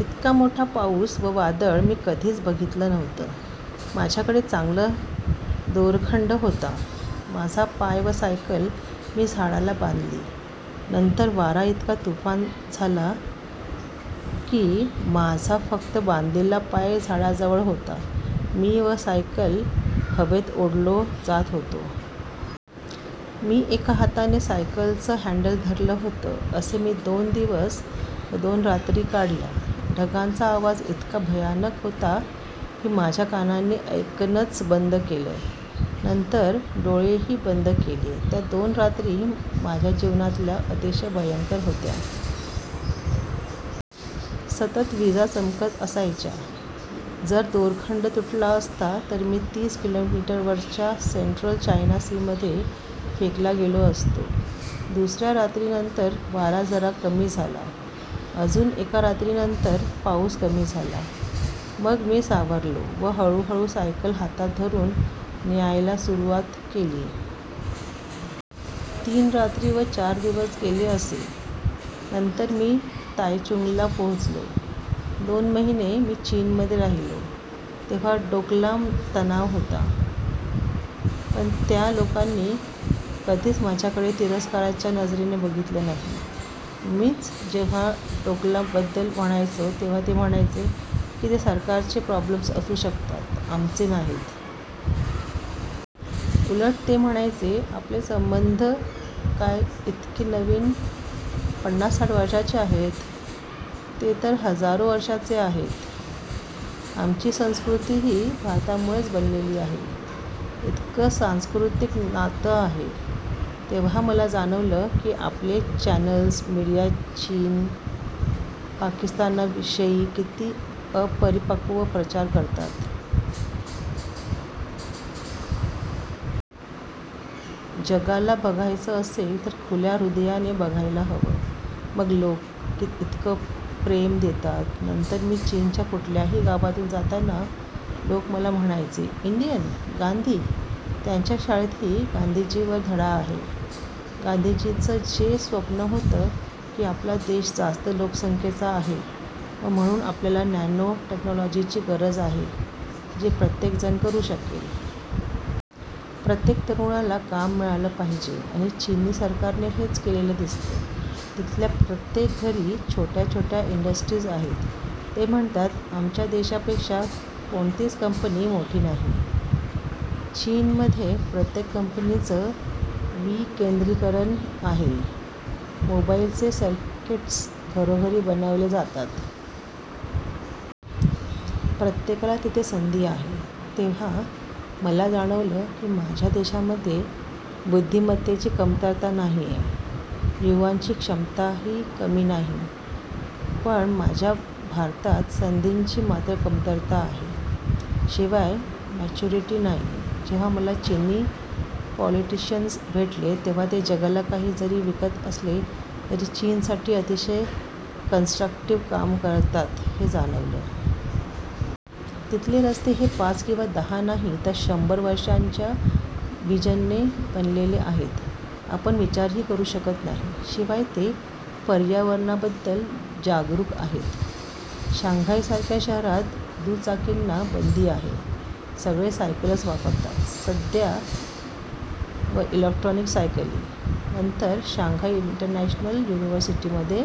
इतका मोठा पाऊस व वादळ मी कधीच बघितलं नव्हतं. माझ्याकडे चांगला दोरखंड होता. माझा पाय व सायकल मी झाडाला बांधली. नंतर वारा इतका तुफान झाला की, माझा फक्त बांधलेला पाय झाडाजवळ होता. मी व सायकल हवेत ओढलो जात होतो. मी एका हाताने सायकलचं हँडल धरलं होतं. असे मी दोन दिवस व दोन रात्री काढल्या. ढगांचा आवाज इतका भयानक होता की, माझ्या कानांनी ऐकणंच बंद केलं. नंतर डोळेही बंद केले. त्या दोन रात्री माझ्या जीवनातल्या अतिशय भयंकर होत्या. सतत वीजा चमकत असायच्या. जर दोरखंड तुटला असता तर मी तीस किलोमीटरवरच्या सेंट्रल चायना सीमध्ये फेकला गेलो असतो. दुसऱ्या रात्रीनंतर वारा जरा कमी झाला. अजून एका रात्रीनंतर पाऊस कमी झाला. मग मी सावरलो व हळूहळू सायकल हातात धरून न्यायला सुरुवात केली. तीन रात्री व चार दिवस गेले असे. नंतर मी तायचुंगला पोहोचलो. दोन महिने मी चीनमध्ये राहिलो. तेव्हा डोकलाम तणाव होता. पण त्या लोकांनी कधीच माझ्याकडे तिरस्काराच्या नजरेने बघितलं नाही. मीच जेव्हा डोकलामबद्दल म्हणायचो, तेव्हा ते म्हणायचे की ते सरकारचे प्रॉब्लेम्स असू शकतात, आमचे नाहीत. उलट ते म्हणायचे, आपले संबंध काय इतके नवीन, पन्नास साठ वर्षांचे आहेत? ते तर हजारो वर्षांचे आहेत. आमची संस्कृतीही भारतामुळेच बनलेली आहे. इतकं सांस्कृतिक नातं आहे. तेव्हा मला जाणवलं की, आपले चॅनल्स, मीडिया चीन, पाकिस्तानविषयी किती अपरिपक्व प्रचार करतात. जगाला बघायचं असेल तर खुल्या हृदयाने बघायला हवं, मग लोक इतकं प्रेम देतात. नंतर मी चीनच्या कुठल्याही गावातून जाताना लोक मला म्हणायचे, इंडियन, गांधी? त्यांच्या शाळेतही गांधीजींवर धडा आहे. गांधीजींचं जे स्वप्न होतं की, आपला देश जास्त लोकसंख्येचा आहे व म्हणून आपल्याला नॅनो टेक्नॉलॉजीची गरज आहे जे प्रत्येक जण करू शकेल. प्रत्येक तरुणाला काम मिळालं पाहिजे. आणि चिनी सरकारने हेच केलेलं दिसतं. तिथल्या प्रत्येक घरी छोट्या छोट्या इंडस्ट्रीज आहेत. ते म्हणतात आमच्या देशापेक्षा कोणतीच कंपनी मोठी नाही. चीनमध्ये प्रत्येक कंपनीचं विकेंद्रीकरण आहे. मोबाईलचे सर्किट्स घरोघरी बनवले जातात. प्रत्येकाला तिथे संधी आहे. तेव्हा मला जाणवलं की, माझ्या देशामध्ये बुद्धिमत्तेची कमतरता नाहीय, युवांची क्षमताही कमी नाहीय. पण माझ्या भारतात संधींची मात्र कमतरता आहे. शिवाय मॅच्युरिटी नाहीय. जेव्हा मला चिनी पॉलिटिशिअन्स भेटले, तेव्हा ते जगाला काही जरी विकत असले तरी चीनसाठी अतिशय कन्स्ट्रक्टिव्ह काम करतात, हे जाणवलं. तिथले रस्ते हे पाच किंवा दहा नाही तर शंभर वर्षांच्या व्हिजनने बनलेले आहेत. आपण विचारही करू शकत नाही. शिवाय ते पर्यावरणाबद्दल जागरूक आहेत. शांघायसारख्या शहरात दुचाकींना बंदी आहे. सगळे सायकलच वापरतात. साध्या व इलेक्ट्रिक सायकली. नंतर शांघाय इंटरनॅशनल युनिव्हर्सिटीमध्ये